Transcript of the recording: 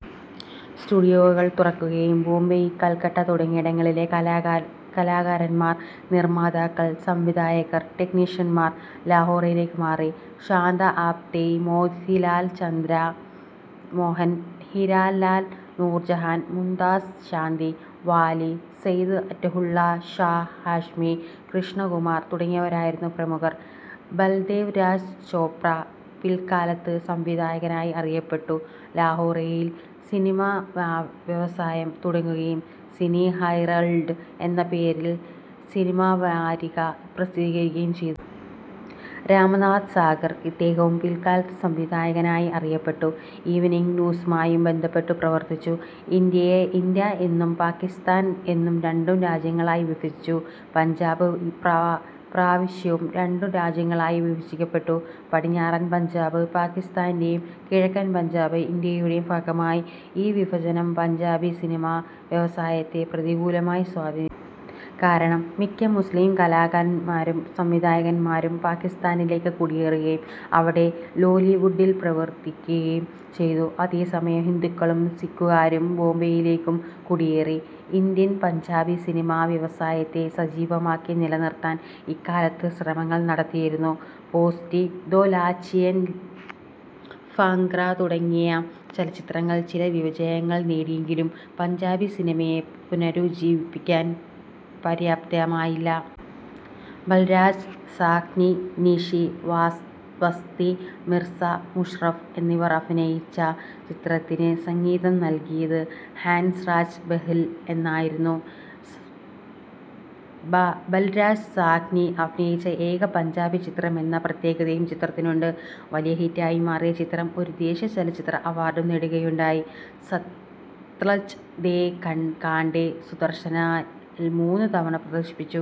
സ്റ്റുഡിയോകൾ തുറക്കുകയും ബോംബെ, കൽക്കട്ട തുടങ്ങിയിടങ്ങളിലെ കലാകാരന്മാർ, നിർമാതാക്കൾ, സംവിധായകർ, ടെക്നീഷ്യന്മാർ ലാഹോറിലേക്കു മാറി. ശാന്ത ആപ്തെ, മോത്തിലാൽ, ചന്ദ്ര മോഹൻ, ഹീരാലാൽ, നൂർ ജഹാൻ, മുംതാസ് ശാന്തി, വാലി, സയ്ദ് അറ്റഹുള്ള ഷാ ഹാഷ്മി, കൃഷ്ണ കുമാർ തുടങ്ങിയവരായിരുന്നു പ്രമുഖർ. ബൽദേവ് രാജ് ചോപ്ര, പിൽകാലത്ത് സംവിധായകനായി അറിയപ്പെട്ടു, ലാഹോറിൽ സിനിമ വ്യവസായം തുടങ്ങുകയും സിനി ഹെറാൾഡ് എന്ന പേരിൽ സിനിമാവാരിക പ്രസിദ്ധീകരിക്കുകയും ചെയ്തു. രാമാനന്ദ് സാഗർ, ഇദ്ദേഹവും പിൽകാലത്ത് സംവിധായകനായി അറിയപ്പെട്ടു, ഈവെനിംഗ് ന്യൂസുമായും ബന്ധപ്പെട്ടു പ്രവർത്തിച്ചു. ഇന്ത്യയെ ഇന്ത്യ എന്നും പാകിസ്താൻ എന്നും രണ്ടു രാജ്യങ്ങളായി വിഭജിച്ചു. പഞ്ചാബ് പ്രവിശ്യയും രണ്ടു രാജ്യങ്ങളിലായി വിഭജിക്കപ്പെട്ടു. പടിഞ്ഞാറൻ പഞ്ചാബ് പാകിസ്താന്റെയും കിഴക്കൻ പഞ്ചാബ് ഇന്ത്യയുടേയും ഭാഗമായി. ഈ വിഭജനം പഞ്ചാബി സിനിമാവ്യവസായത്തെ പ്രതികൂലമായി സ്വാധീനിച്ചു. കാരണം മിക്ക മുസ്ലിം കലാകാരന്മാരും സംവിധായകരും പാകിസ്താനിലേക്ക് കുടിയേറുകയും അവിടെ ലോലിവുഡിൽ പ്രവർത്തിക്കുകയും ചെയ്തു. അതേ സമയം ഹിന്ദുക്കളും സിഖുകാരും ബോംബൈയിലേക്കും കുടിയേറി. ഇന്ത്യൻ പഞ്ചാബി സിനിമാവ്യവസായത്തെ സജീവമാക്കി നിലനിർത്താൻ ഇക്കാലത്തു ശ്രമങ്ങൾ നടത്തിയിരുന്നു. പോസ്റ്റി, ദോ ലാച്ചിയാൻ, ഭാംഗ്റ തുടങ്ങിയ ചലച്ചിത്രങ്ങൾ ചില വിജയങ്ങൾ നേടിയെങ്കിലും പഞ്ചാബി സിനിമയെ പുനരുജ്ജീവിപ്പിക്കാൻ പര്യാപ്തമായില്ല. ബൽരാജ് സാഹ്നി, നിഷി, വസ്തി, മിർസ മുഷറഫ് എന്നിവർ അഭിനയിച്ച ചിത്രത്തിന് സംഗീതം നൽകിയത് ഹാൻസ്രാജ് ബെഹ്ൽ ആയിരുന്നു. ബൽരാജ് സാഹ്നി അഭിനയിച്ച ഏക പഞ്ചാബി ചിത്രം എന്ന പ്രത്യേകതയും ചിത്രത്തിനുണ്ട്. വലിയ ഹിറ്റായി മാറിയ ചിത്രം ഒരു ദേശീയ ചലച്ചിത്ര അവാർഡും നേടുകയുണ്ടായി. സത്ലജ് ദെ കാണ്ടേ ദൂരദർശനിൽ മൂന്നു തവണ പ്രദർശിപ്പിച്ചു.